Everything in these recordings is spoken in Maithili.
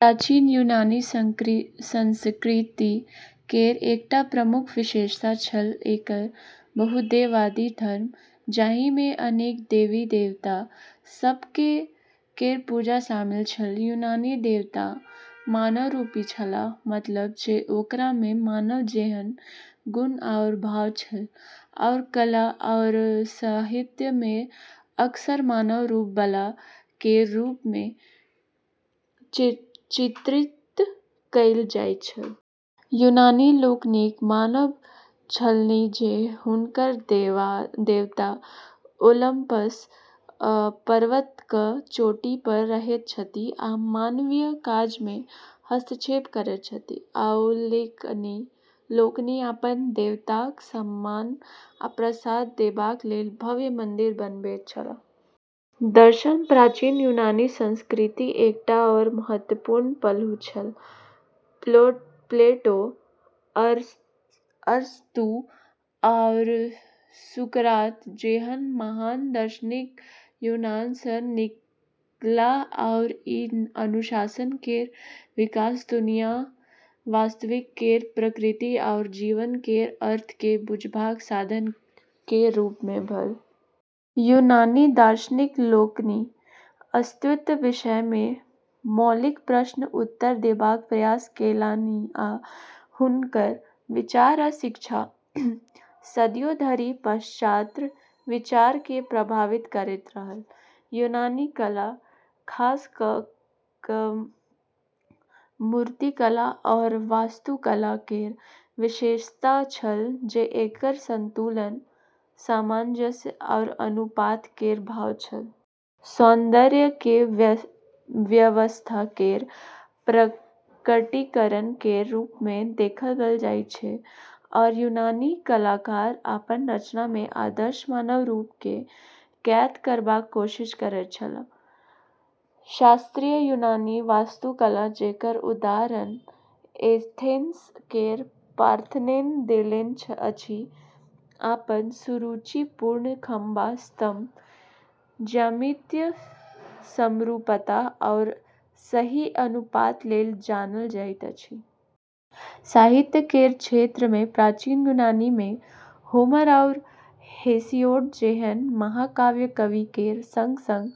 प्राचीन यूनानी संस्कृति केर एकटा प्रमुख विशेषता छल एकर बहुदेववादी धर्म, जाहि मे अनेक देवी-देवता सभ केर पूजा शामिल छल। यूनानी देवता मानवरूपी छलाह, मतलब जे ओकरा मे मानव जेहन गुण आओर भाव छल, आओर कला आओर साहित्य मे अक्सर मानव रूप बला केर रूप मे चित्रित कएल जाइत छल। यूनानी लोकनिक मानब छलनि जे हुनकर देवता ओलंपस पर्वतक चोटी पर रहैत छथि आ मानवीय काज मे हस्तक्षेप करैत छथि, आ ओ लोकनि अपन देवताक सम्मान आ प्रसाद देबाक लेल भव्य मंदिर बनबैत छलाह। दर्शन प्राचीन यूनानी संस्कृतिक एकटा आओर महत्वपूर्ण पहलू छल। प्लेटो, अरस्तू, आओर सुकरात जेहन महान दार्शनिक यूनान सँ निकलाह आओर ई अनुशासन केर विकास दुनिया, वास्तविकता केर प्रकृति आओर जीवन केर अर्थ केँ बुझबाक साधन केर रूप मे भेल। यूनानी दार्शनिक लोकनि अस्तित्वक विषय मे मौलिक प्रश्नक उत्तर देबाक प्रयास केलनि आ हुनकर विचार आ शिक्षा सदियो धरि पाश्चात्य विचार केँ प्रभावित करैत रहल। यूनानी कला, खास कऽ कऽ मूर्तिकला आओर वास्तुकला केर विशेषता छल जे एकर संतुलन, सामंजस्य आओर अनुपात केर भाव छल। सौन्दर्य केँ व्यवस्था केर प्रकटीकरण केर रूप मे देखल जाइत छल, आओर यूनानी कलाकार अपन रचना मे आदर्श मानव रूप केँ कैद करबाक कोशिश करैत छलाह। शास्त्रीय यूनानी वास्तुकला, जेकर उदाहरण एथेंस केर पार्थेनन देलने अछि, अपन सुरुचिपूर्ण खंभा (स्तंभ), ज्यामितीय समरूपता आओर सही अनुपात लेल जानल जाइत अछि। साहित्य केर क्षेत्र मे प्राचीन यूनान मे होमर आओर हेसिओड जेहन महाकाव्य कवि केर संग-संग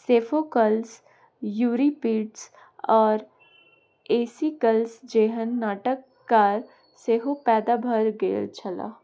सोफोक्लस, यूरिपिडस, आओर एस्किलस जेहन नाटककार सेहो पैदा भऽ गेल छलाह।